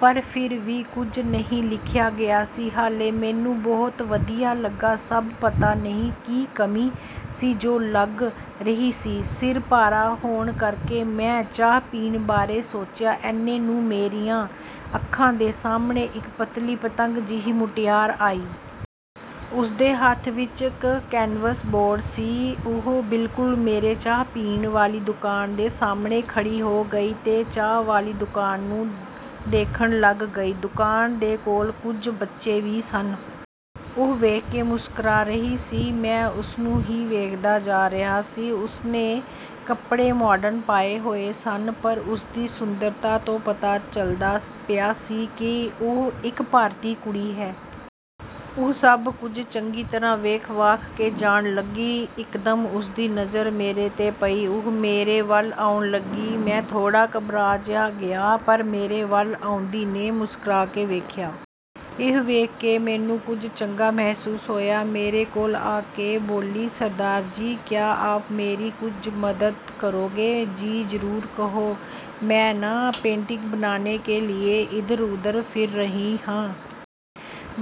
ਪਰ ਫਿਰ ਵੀ ਕੁਝ ਨਹੀਂ ਲਿਖਿਆ ਗਿਆ ਸੀ। ਹਾਲੇ ਮੈਨੂੰ ਬਹੁਤ ਵਧੀਆ ਲੱਗਾ ਸਭ, ਪਤਾ ਨਹੀਂ ਕੀ ਕਮੀ ਸੀ ਜੋ ਲੱਗ ਰਹੀ ਸੀ। ਸਿਰ ਭਾਰਾ ਹੋਣ ਕਰਕੇ ਮੈਂ ਚਾਹ ਪੀਣ ਬਾਰੇ ਸੋਚਿਆ। ਏਨੇ ਨੂੰ ਮੇਰੀਆਂ ਅੱਖਾਂ ਦੇ ਸਾਹਮਣੇ ਇੱਕ ਪਤਲੀ ਪਤੰਗ ਜਿਹੀ ਮੁਟਿਆਰ ਆਈ। ਉਸਦੇ ਹੱਥ ਵਿੱਚ ਇੱਕ ਕੈਨਵਸ ਬੋਰਡ ਸੀ। ਉਹ ਬਿਲਕੁਲ ਮੇਰੇ ਚਾਹ ਪੀਣ ਵਾਲੀ ਦੁਕਾਨ ਦੇ ਸਾਹਮਣੇ ਖੜ੍ਹੀ ਹੋ ਗਈ ਤੇ ਚਾਹ ਵਾਲੀ ਦੁਕਾਨ ਨੂੰ ਦੇਖਣ ਲੱਗ ਗਈ। ਦੁਕਾਨ ਦੇ ਕੋਲ ਕੁਝ ਬੱਚੇ ਵੀ ਸਨ। ਉਹ ਵੇਖ ਕੇ ਮੁਸਕਰਾ ਰਹੀ ਸੀ। ਮੈਂ ਉਸਨੂੰ ਹੀ ਵੇਖਦਾ ਜਾ ਰਿਹਾ ਸੀ। ਉਸਨੇ ਕੱਪੜੇ ਮਾਡਰਨ ਪਾਏ ਹੋਏ ਸਨ, ਪਰ ਉਸਦੀ ਸੁੰਦਰਤਾ ਤੋਂ ਪਤਾ ਚੱਲਦਾ ਪਿਆ ਸੀ ਕਿ ਉਹ ਇੱਕ ਭਾਰਤੀ ਕੁੜੀ ਹੈ। ਉਹ ਸਭ ਕੁਝ ਚੰਗੀ ਤਰ੍ਹਾਂ ਵੇਖ-ਵਾਖ ਕੇ ਜਾਣ ਲੱਗੀ। ਇੱਕਦਮ ਉਸਦੀ ਨਜ਼ਰ ਮੇਰੇ ਤੇ ਪਈ। ਉਹ ਮੇਰੇ ਵੱਲ ਆਉਣ ਲੱਗੀ। ਮੈਂ ਥੋੜ੍ਹਾ ਘਬਰਾ ਜਿਹਾ ਗਿਆ, ਪਰ ਮੇਰੇ ਵੱਲ ਆਉਂਦੀ ਨੇ ਮੁਸਕਰਾ ਕੇ ਵੇਖਿਆ। ਇਹ ਵੇਖ ਮੈਨੂੰ ਕੁਝ ਚੰਗਾ ਮਹਿਸੂਸ ਹੋਇਆ। ਮੇਰੇ ਕੋਲ ਆ ਕੇ ਬੋਲੀ, "ਸਰਦਾਰ ਜੀ, ਕਿਆ ਆਪ ਮੇਰੀ ਕੁਛ ਮਦਦ ਕਰੋਗੇ?" "ਜੀ, ਜ਼ਰੂਰ ਕਹੋ।" "ਮੈਂ ਨਾ ਪੇਂਟਿੰਗ ਬਣਾਨੇ ਕੇ ਲਈਏ ਇਧਰ-ਉਧਰ ਫਿਰ ਰਹੀ ਹਾਂ।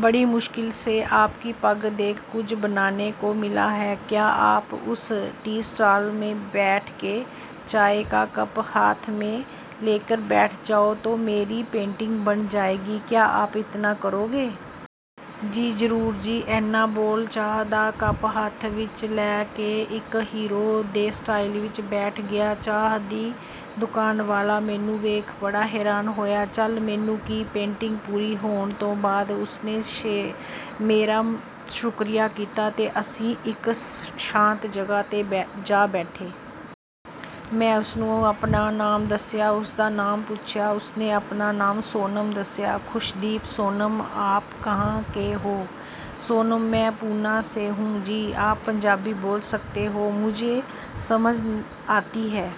ਬੜੀ ਮੁਸ਼ਕਿਲ ਸੇ ਆਪਕੀ ਪੱਗ ਦੇਖ ਕੁਛ ਬਨਾਨੇ ਕੋ ਮਿਲਾ ਹੈ। ਕਿਆ ਆਪ ਉਸ ਟੀ ਸਟਾਲ ਮੈਂ ਬੈਠ ਕੇ ਚਾਏ ਕਾ ਕੱਪ ਹੱਥ ਮੈਂ ਲੇਕਰ ਬੈਠ ਜਾਓ, ਤੋ ਮੇਰੀ ਪੇਂਟਿੰਗ ਬਣ ਜਾਏਗੀ? ਕਿਆ ਆਪ ਇਤਨਾ ਕਰੋਗੇ?" "ਜੀ, ਜ਼ਰੂਰ ਜੀ।" ਏਨਾ ਬੋਲ ਚਾਹ ਦਾ ਕੱਪ ਹੱਥ ਵਿੱਚ ਲੈ ਕੇ ਇੱਕ ਹੀਰੋ ਦੇ ਸਟਾਈਲ ਵਿੱਚ ਬੈਠ ਗਿਆ। ਚਾਹ ਦੀ ਦੁਕਾਨ ਵਾਲਾ ਮੈਨੂੰ ਵੇਖ ਬੜਾ ਹੈਰਾਨ ਹੋਇਆ। ਚੱਲ, ਮੈਨੂੰ ਕੀ? ਪੇਂਟਿੰਗ ਪੂਰੀ ਹੋਣ ਤੋਂ ਬਾਅਦ ਉਸਨੇ ਮੇਰਾ ਸ਼ੁਕਰੀਆ ਕੀਤਾ ਤੇ ਅਸੀਂ ਇੱਕ ਸ਼ਾਂਤ ਜਗ੍ਹਾ ਤੇ ਜਾ ਬੈਠੇ। ਮੈਂ ਉਸਨੂੰ ਆਪਣਾ ਨਾਮ ਦੱਸਿਆ, ਉਸਦਾ ਨਾਮ ਪੁੱਛਿਆ। ਉਸਨੇ ਆਪਣਾ ਨਾਮ ਸੋਨਮ ਦੱਸਿਆ। ਖੁਸ਼ਦੀਪ: "ਸੋਨਮ, ਆਪ ਕਹਾਂ ਕੇ ਹੋ?" ਸੋਨਮ: "ਮੈਂ ਪੂਨਾ ਸੇ ਹੁ ਜੀ। ਆਪ ਪੰਜਾਬੀ ਬੋਲ ਸਕਤੇ ਹੋ, ਮੁਝੇ ਸਮਝ ਆਤੀ ਹੈ।"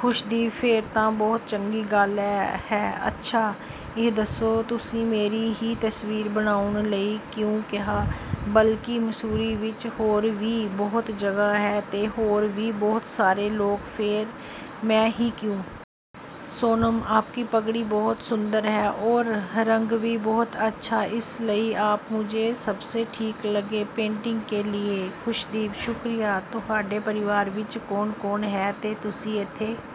ਖੁਸ਼ਦੀਪ: "ਫੇਰ ਤਾਂ ਬਹੁਤ ਚੰਗੀ ਗੱਲ ਹੈ। ਅੱਛਾ, ਇਹ ਦੱਸੋ, ਤੁਸੀਂ ਮੇਰੀ ਹੀ ਤਸਵੀਰ ਬਣਾਉਣ ਲਈ ਕਿਉਂ ਕਿਹਾ? ਬਲਕਿ ਮਸੂਰੀ ਵਿੱਚ ਹੋਰ ਵੀ ਬਹੁਤ ਜਗ੍ਹਾ ਹੈ ਤੇ ਹੋਰ ਵੀ ਬਹੁਤ ਸਾਰੇ ਲੋਕ। ਫੇਰ ਮੈਂ ਹੀ ਕਿਉਂ?" ਸੋਨਮ: "ਆਪਕੀ ਪਗੜੀ ਬਹੁਤ ਸੁੰਦਰ ਹੈ, ਔਰ ਰੰਗ ਵੀ ਬਹੁਤ ਅੱਛਾ। ਇਸ ਲਈ ਆਪ ਮੁਝੇ ਸਭਸੇ ਠੀਕ ਲਗੇ ਪੇਂਟਿੰਗ ਕੇ ਲਈਏ।" ਖੁਸ਼ਦੀਪ: "ਸ਼ੁਕਰੀਆ। ਤੁਹਾਡੇ ਪਰਿਵਾਰ ਵਿੱਚ ਕੌਣ-ਕੌਣ ਹੈ ਤੇ ਤੁਸੀਂ ਏਥੇ...